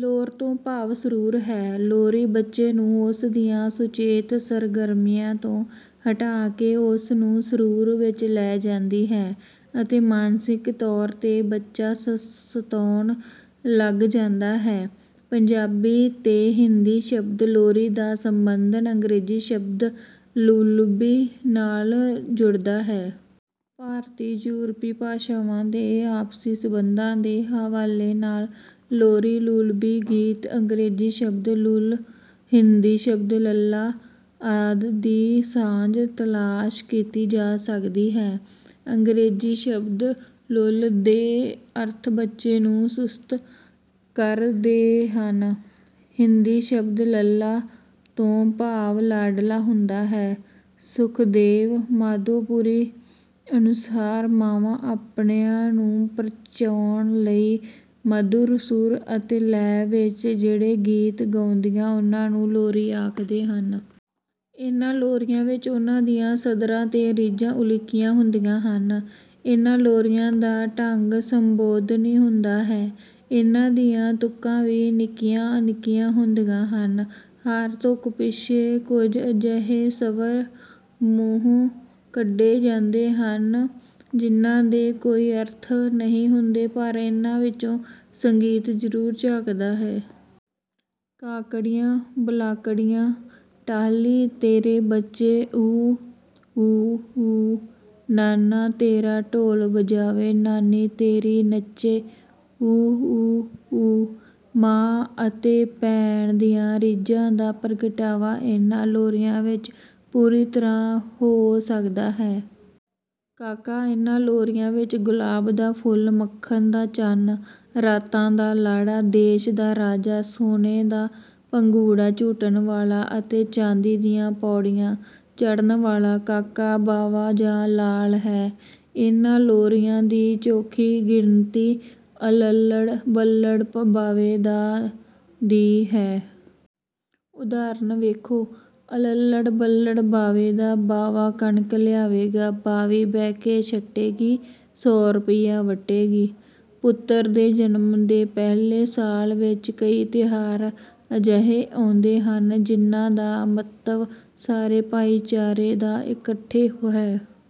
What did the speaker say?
ਲੋਰ ਤੋਂ ਭਾਵ ਸਰੂਰ ਹੈ। ਲੋਰੀ ਬੱਚੇ ਨੂੰ ਉਸ ਦੀਆਂ ਸੁਚੇਤ ਸਰਗਰਮੀਆਂ ਤੋਂ ਹਟਾ ਕੇ ਉਸ ਨੂੰ ਸਰੂਰ ਵਿੱਚ ਲੈ ਜਾਂਦੀ ਹੈ ਅਤੇ ਮਾਨਸਿਕ ਤੌਰ ਤੇ ਬੱਚਾ ਸਸਤਾਉਣ ਲੱਗ ਜਾਂਦਾ ਹੈ। ਪੰਜਾਬੀ ਤੇ ਹਿੰਦੀ ਸ਼ਬਦ ਲੋਰੀ ਦਾ ਸੰਬੰਧਨ ਅੰਗਰੇਜ਼ੀ ਸ਼ਬਦ ਲੁੱਲਬੀ ਨਾਲ਼ ਜੁੜਦਾ ਹੈ। ਭਾਰਤੀ ਯੂਰਪੀ ਭਾਸ਼ਾਵਾਂ ਦੇ ਆਪਸੀ ਸੰਬੰਧਾਂ ਦੇ ਹਵਾਲੇ ਨਾਲ਼ ਲੋਰੀ, ਲੁੱਲਬੀ ਗੀਤ ਅੰਗਰੇਜ਼ੀ ਸ਼ਬਦ ਲੁੱਲ, ਹਿੰਦੀ ਸ਼ਬਦ ਲੱਲਾ ਆਦਿ ਦੀ ਸਾਂਝ ਤਲਾਸ਼ ਕੀਤੀ ਜਾ ਸਕਦੀ ਹੈ। ਅੰਗਰੇਜ਼ੀ ਸ਼ਬਦ ਲੁੱਲ ਦੇ ਅਰਥ ਬੱਚੇ ਨੂੰ ਸੁਸਤ ਕਰ ਦੇ ਹਨ ਹਿੰਦੀ ਸ਼ਬਦ ਲੱਲਾ ਤੋਂ ਭਾਵ ਲਾਡਲਾ ਹੁੰਦਾ ਹੈ ਸੁਖਦੇਵ ਮਾਧੋਪੁਰੀ ਅਨੁਸਾਰ, ਮਾਵਾਂ ਆਪਣਿਆਂ ਨੂੰ ਪ੍ਰਚਾਉਣ ਲਈ ਮਧੁਰ ਸੁਰ ਅਤੇ ਲੈਅ ਵਿੱਚ ਜਿਹੜੇ ਗੀਤ ਗਾਉਂਦੀਆਂ ਉਨ੍ਹਾਂ ਨੂੰ ਲੋਰੀ ਆਖਦੇ ਹਨ। ਇਨ੍ਹਾਂ ਲੋਰੀਆਂ ਵਿੱਚ ਉਨ੍ਹਾਂ ਦੀਆਂ ਸੱਧਰਾਂ ਤੇ ਰੀਝਾਂ ਉਲੀਕੀਆਂ ਹੁੰਦੀਆਂ ਹਨ। ਇਨ੍ਹਾਂ ਲੋਰੀਆਂ ਦਾ ਢੰਗ ਸੰਬੋਧਨੀ ਹੁੰਦਾ ਹੈ। ਇਨ੍ਹਾਂ ਦੀਆਂ ਤੁਕਾਂ ਵੀ ਨਿੱਕੀਆਂ ਨਿੱਕੀਆਂ ਹੁੰਦੀਆਂ ਹਨ। ਹਰ ਤੁਕ ਪਿੱਛੇ ਕੁੱਝ ਅਜਿਹੇ ਸਵਰ ਮੂੰਹੋਂ ਕੱਢੇ ਜਾਂਦੇ ਹਨ, ਜਿਨ੍ਹਾਂ ਦੇ ਕੋਈ ਅਰਥ ਨਹੀਂ ਹੁੰਦੇ ,ਪਰ ਇਨ੍ਹਾਂ ਵਿੱਚੋਂ ਸੰਗੀਤ ਜ਼ਰੂਰ ਝਾਕਦਾ ਹੈ। "ਕਾਕੜਿਆ ਬਲਾਕੜਿਆ, ਟਾਹਲੀ ਤੇਰੇ ਬੱਚੇ ਊਂ, ਊਂ, ਊਂ। ਨਾਨਾ ਤੇਰਾ ਢੋਲ ਵਜਾਵੇ, ਨਾਨੀ ਤੇਰੀ ਨੱਚੇ, ਊਂ, ਊਂ, ਊਂ। " "ਮਾਂ ਅਤੇ ਭੈਣ ਦੀਆਂ ਰੀਝਾਂ ਦਾ ਪ੍ਰਗਟਾਵਾ ਇਨ੍ਹਾਂ ਲੋਰੀਆਂ ਵਿੱਚ ਪੂਰੀ ਤਰ੍ਹਾਂ ਹੋ ਸਕਦਾ ਹੈ। ਕਾਕਾ ਇਨ੍ਹਾਂ ਲੋਰੀਆਂ ਵਿੱਚ ਗੁਲਾਬ ਦਾ ਫੁੱਲ, ਮੱਖਣ ਦਾ ਚੰਨ, ਰਾਤਾਂ ਦਾ ਲਾੜਾ, ਦੇਸ਼ ਦਾ ਰਾਜਾ, ਸੋਨੇ ਦਾ ਪੰਘੂੜਾ ਝੂਟਣ ਵਾਲ਼ਾ ਅਤੇ ਚਾਂਦੀ ਦੀਆਂ ਪੌੜੀਆਂ ਚੜ੍ਹਨ ਵਾਲ਼ਾ ਕਾਕਾ ਬਾਵਾ ਜਾਂ ਲਾਲ ਹੈ। ਇਨ੍ਹਾਂ ਲੋਰੀਆਂ ਦੀ ਚੋਖੀ ਗਿਣਤੀ ' ਅੱਲ੍ਹੜ ਬੱਲ੍ਹੜ ਬਾਵੇ ਦਾ ' ਦੀ ਹੈ। " ਉਦਾਹਰਨ ਵੇਖੋ: " ਅੱਲ੍ਹੜ ਬੱਲ੍ਹੜ ਬਾਵੇ ਦਾ, ਬਾਵਾ ਕਣਕ ਲਿਆਵੇਗਾ, ਬਾਵੀ ਬਹਿ ਕੇ ਛੱਟੇਗੀ, ਸੌ ਰੁਪਈਆ ਵੱਟੇਗੀ। " ਪੁੱਤਰ ਦੇ ਜਨਮ ਦੇ ਪਹਿਲੇ ਸਾਲ ਵਿੱਚ ਕਈ ਤਿਉਹਾਰ ਅਜਿਹੇ ਆਉਂਦੇ ਹਨ ਜਿਨ੍ਹਾਂ ਦਾ ਮੰਤਵ ਸਾਰੇ ਭਾਈਚਾਰੇ ਦਾ ਇਕੱਠੇ ਹੈ